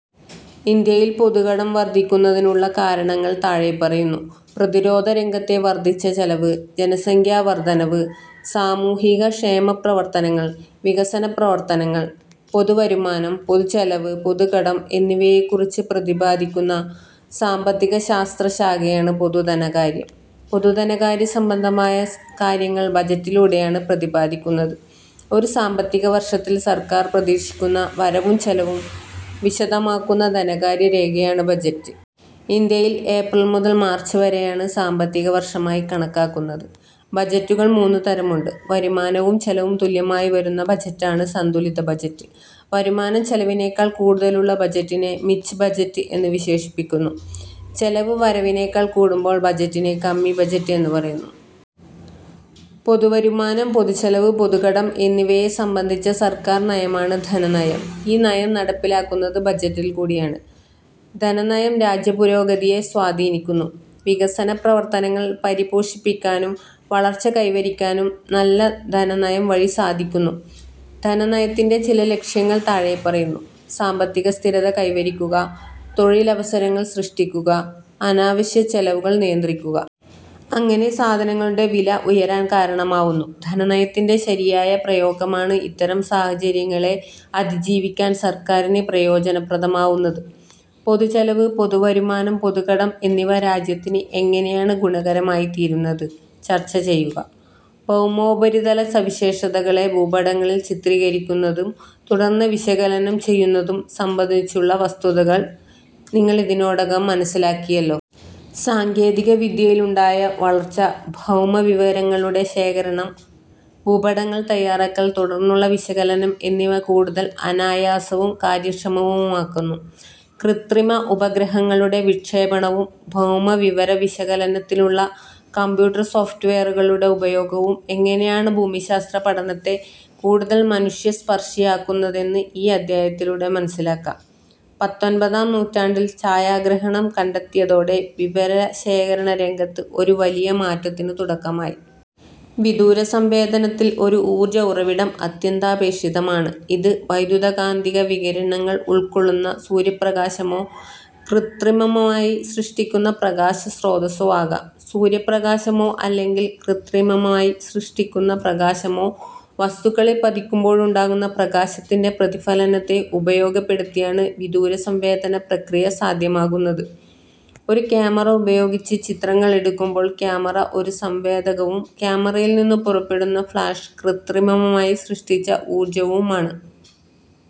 ഇന്ത്യയിൽ പൊതുകടം വർധിക്കുന്നതിനുള്ള കാരണങ്ങൾ താഴെപ്പറയുന്നു. പ്രതിരോധരംഗത്തെ വർധിച്ച ചെലവ്, ജനസംഖ്യാവർധനവ്, സാമൂഹികക്ഷേമപ്രവർത്തനങ്ങൾ, വികസനപ്രവർത്തനങ്ങൾ. പൊതുവരുമാനം, പൊതുചെലവ്, പൊതുകടം എന്നിവയെക്കുറിച്ച് പ്രതിപാദിക്കുന്ന സാമ്പത്തികശാസ്ത്രശാഖയാണ് പൊതുധനകാര്യം. പൊതു ധനകാര്യ സംബന്ധമായ കാര്യങ്ങൾ ബജറ്റിലൂടെയാണ് പ്രതിപാദിക്കുന്നത്. ഒരു സാമ്പത്തികവർഷത്തിൽ സർക്കാർ പ്രതീക്ഷിക്കുന്ന വരവും ചെലവും വിശദമാക്കുന്ന ധനകാര്യരേഖയാണ് ബജറ്റ്. ഇന്ത്യയിൽ ഏപ്രിൽ മുതൽ മാർച്ച് വരെയാണ് സാമ്പത്തികവർഷമായി കണക്കാക്കുന്നത്. ബജറ്റുകൾ മൂന്നു തരമുണ്ട്. വരുമാനവും ചെലവും തുല്യമായി വരുന്ന ബജറ്റാണ് സന്തുലിത ബജറ്റ്. വരുമാനം ചെലവിനേക്കാൾ കൂടുതലുള്ള ബജറ്റിനെ മിച്ച് ബജറ്റ് എന്നു വിശേഷിപ്പിക്കുന്നു. ചെലവ് വരവിനേക്കാൾ കൂടുമ്പോൾ ബജറ്റിനെ കമ്മി ബജറ്റ് എന്നു പറയുന്നു. പൊതുവരുമാനം, പൊതുചെലവ്, പൊതുകടം എന്നിവയെ സംബന്ധിച്ച സർക്കാർ നയമാണ് ധനനയം. ഈ നയം നടപ്പിലാക്കുന്നത് ബജറ്റിൽക്കൂടിയാണ്. ധനനയം രാജ്യപുരോഗതിയെ സ്വാധീനിക്കുന്നു. വികസനപ്രവർത്തനങ്ങൾ പരിപോഷിപ്പിക്കാനും വളർച്ച കൈവരിക്കാനും നല്ല ധനനയം വഴി സാധിക്കുന്നു. ധനനയത്തിന്റെ ചില ലക്ഷ്യങ്ങൾ താഴെപ്പറയുന്നു. സാമ്പത്തികസ്ഥിരത കൈവരിക്കുക. തൊഴിലവസരങ്ങൾ സൃഷ്ടിക്കുക.. അനാവശ്യ ചെലവുകൾ നിയന്ത്രിക്കുക. അങ്ങനെ സാധനങ്ങളുടെ വില ഉയരാൻ കാരണമാവുന്നു. ധനനയത്തിന്റെ ശരിയായ പ്രയോഗമാണ് ഇത്തരം സാഹചര്യങ്ങളെ അതിജീവിക്കാൻ സർക്കാരിന് പ്രയോജനപ്രദമാവുന്നത്. പൊതുചെലവ്, പൊതുവരുമാനം, പൊതുകടം എന്നിവ രാജ്യത്തിന് എങ്ങനെയാണ് ഗുണകരമായിത്തീരുന്നത്? ചർച്ചചെയ്യുക. ഭൗമോപരിതല സവിശേഷതകളെ ഭൂപടങ്ങളിൽ ചിത്രീകരിക്കുന്നതും തുടർന്ന് വിശകലനം ചെയ്യുന്നതും സംബന്ധിച്ചുള്ള വസ്തുതകൾ നിങ്ങൾ ഇതിനോടകം മനസ്സിലാക്കിയല്ലോ. സാങ്കേതികവിദ്യയിലുണ്ടായ വളർച്ച ഭൗമവിവരങ്ങളുടെ ശേഖരണം, ഭൂപടങ്ങൾ തയാറാക്കൽ, തുടർന്നുള്ള വിശകലനം എന്നിവ കൂടുതൽ അനായാസവും കാര്യക്ഷമവുമാക്കുന്നു. കൃത്രിമ ഉപഗ്രഹങ്ങളുടെ വിക്ഷേപണവും ഭൗമ വിവര വിശകലനത്തിനുള്ള കമ്പ്യൂട്ടർ സോഫ്റ്റ്വെയറുകളുടെ ഉപയോഗവും എങ്ങനെയാണ് ഭൂമിശാസ്ത്രപഠനത്തെ കൂടുതൽ മനുഷ്യ സ്പർശിയാക്കുന്നതെന്ന് ഈ അധ്യായത്തിലൂടെ മനസ്സിലാക്കാം. പത്തൊൻപതാം നൂറ്റാണ്ടിൽ ഛായാഗ്രഹണം കണ്ടെത്തിയതോടെ വിവരശേഖരണരംഗത്ത് ഒരു വലിയ മാറ്റത്തിനു തുടക്കമായി. വിദൂരസംവേദനത്തിൽ ഒരു ഊർജ ഉറവിടം അത്യന്താപേക്ഷിതമാണ്. ഇത് വൈദ്യുതകാന്തിക വികിരണങ്ങൾ ഉൾക്കൊള്ളുന്ന സൂര്യപ്രകാശമോ കൃത്രിമമായി സൃഷ്ടിക്കുന്ന പ്രകാശസ്രോതസ്സോ ആകാം. സൂര്യപ്രകാശമോ അല്ലെങ്കിൽ കൃത്രിമമായി സൃഷ്ടിക്കുന്ന പ്രകാശമോ വസ്തുക്കളിൽ പതിക്കുമ്പോഴുണ്ടാകുന്ന പ്രകാശത്തിന്റെ പ്രതിഫലനത്തെ ഉപയോഗപ്പെടുത്തിയാണ് വിദൂര സംവേദന പ്രക്രിയ സാധ്യമാകുന്നത്. ഒരു ക്യാമറ ഉപയോഗിച്ച് ചിത്രങ്ങൾ എടുക്കുമ്പോൾ ക്യാമറ ഒരു സംവേദകവും ക്യാമറയിൽ നിന്നും പുറപ്പെടുന്ന ഫ്ളാഷ് കൃത്രിമമായി സൃഷ്ടിച്ച ഊർജവുമാണ്.